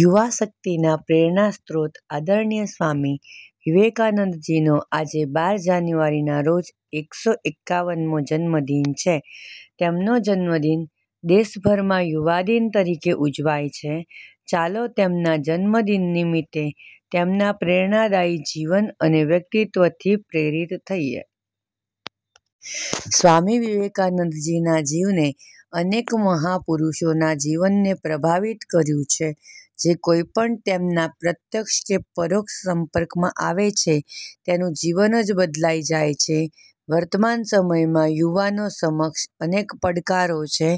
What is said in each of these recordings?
યુવાશક્તિના પ્રેરણાસ્રોત આદરણીય સ્વામી વિવેકાનંદજીનો આજે બાર જાન્યુઆરીના રોજ એક સો એકાવન મો જન્મદિન છે. તેમનો જન્મદિન દેશભરમાં 'યુવાદિન' તરીકે ઉજવાય છે. ચાલો, તેમના જન્મદિન નિમિત્તે તેમના પ્રેરણાદાયી જીવન અને વ્યક્તિત્ત્વથી પ્રેરિત થઈએ. સ્વામી વિવેકાનંદજીના જીવને અનેક મહાપુરુષોના જીવનને પ્રભાવિત કર્યું છે. જે કોઈપણ તેમના પ્રત્યક્ષ કે પરોક્ષ સંપર્કમાં આવે છે તેનું જીવન જ બદલાઈ જાય છે. વર્તમાન સમયમાં યુવાનો સમક્ષ અનેક પડકારો છે,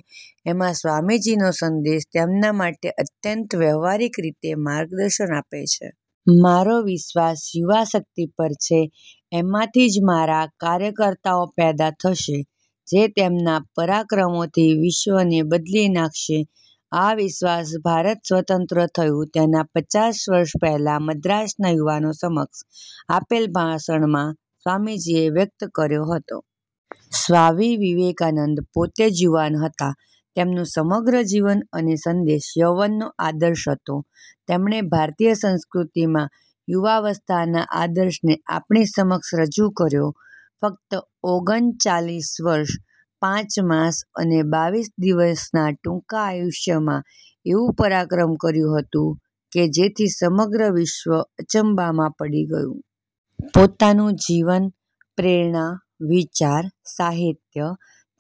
એમાં સ્વામીજીનો સંદેશ તેમના માટે અત્યંત વ્યવહારિક રીતે માર્ગદર્શન આપે છે. "મારો વિશ્વાસ યુવાશક્તિ પર છે. એમાંથી જ મારા કાર્યકર્તાઓ પેદા થશે, જે તેમના પરાક્રમોથી વિશ્વને બદલી નાખશે. આ વિશ્વાસ ભારત સ્વતંત્ર થયું તેનાં પચાસ વર્ષ પહેલાં મદ્રાસના યુવાનો સમક્ષ આપેલ ભાષણમાં સ્વામીજીએ વ્યકત કર્યો હતો. સ્વામી વિવેકાનંદ પોતે જ યુવાન હતા. તેમનું સમગ્ર જીવન અને સંદેશ યૌવનનો આદર્શ હતો. તેમણે ભારતીય સંસ્કૃતિમાં યુવાવસ્થાના આદર્શને આપણી સમક્ષ રજૂ કર્યો. ફકત ઓગન ચાલીસ વર્ષ, પાંચ માસ અને બાવીસ દિવસના ટૂંકા આયુષ્યમાં એવું પરાક્રમ કર્યું હતું કે, જેથી સમગ્ર વિશ્વ અચંબામાં પડી ગયું. પોતાનું જીવન, પ્રેરણા, વિચાર, સાહિત્ય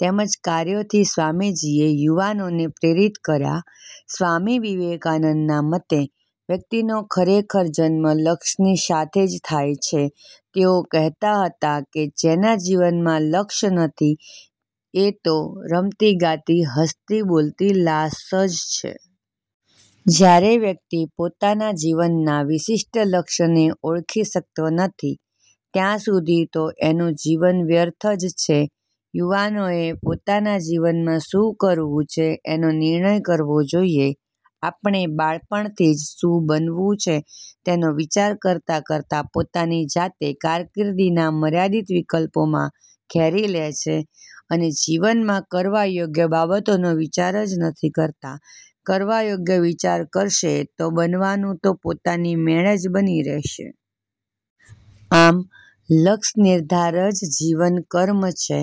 તેમજ કાર્યોથી સ્વામીજીએ યુવાનોને પ્રેરિત કર્યા. સ્વામી વિવેકાનંદના મતે વ્યકિતનો ખરેખર જન્મ લક્ષની સાથે જ થાય છે. તેઓ કહેતા હતા કે, ''જેના જીવનમાં લક્ષ નથી એ તો રમતીગાતી, હસતીબોલતી લાશ જ છે.'' જયારે વ્યકિત પોતાના જીવનના વિશિષ્ટ લક્ષને ઓળખી શકતો નથી ત્યાં સુધી તો એનું જીવન વ્યર્થ જ છે. યુવાનોએ પોતાના જીવનમાં શું કરવું છે એનો નિર્ણય કરવો જોઈએ. આપણે બાળપણથી જ શું બનવું છે તેનો વિચાર કરતાં કરતાં પોતાની જાતે કારકિર્દીના મર્યાદિત વિકલ્પોમાં ઘેરી લે છે અને જીવનમાં કરવા યોગ્ય બાબતોનો વિચાર જ નથી કરતા, કરવા યોગ્ય વિચાર કરશે તો બનવાનું તો પોતાની મેળે જ બનીને રહેશે. આમ, લક્ષ નિર્ધાર જ જીવન કર્મ છે.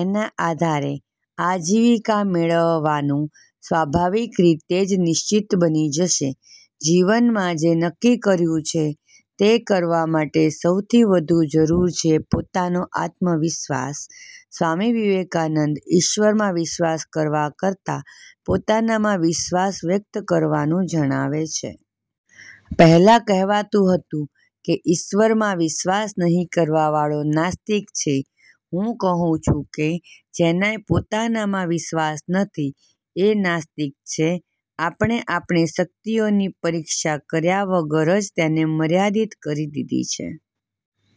એના આધારે આજીવિકા મેળવવાનું સ્વાભાવિક રીતે જ નિશ્વિત બની જશે. જીવનમાં જે નક્કી કર્યું છે તે કરવા માટે સૌથી વધુ જરૂર છે પોતાનો આત્મવિશ્વાસ. સ્વામી વિવેકાનંદ ઈશ્વરમાં વિશ્વાસ કરવા કરતાં પોતાનામાં વિશ્વાસ વ્યકત કરવાનું જણાવે છે. "પહેલાં કહેવાતું હતું કે, ઈશ્વરમાં વિશ્વાસ નહિ કરવાવાળો નાસ્તિક છે. હું કહું છું કે, જેને પોતાનામાં વિશ્વાસ નથી એ નાસ્તિક છે. " આપણે આપણી શકિતઓની પરીક્ષા કર્યા વગર જ તેને મર્યાદિત કરી દીધી છે.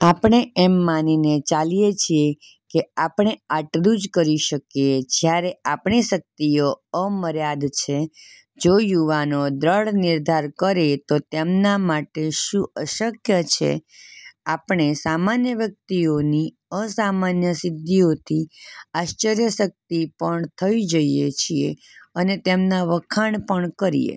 આપણે એમ માનીને ચાલીએ છીએ કે આપણે આટલુ જ કરી શકીએ, જયારે આપણી શકિતઓ અમર્યાદ છે. જો યુવાનો દ્રઢ નિર્ધાર કરે તો તેમના માટે શું અશકય છે? આપણે સામાન્ય વ્યકિતઓની અસામાન્ય સિદ્ધિઓથી આશ્ચર્યશકિત પણ થઈ જઈએ છીએ અને તેમનાં વખાણ પણ કરીએ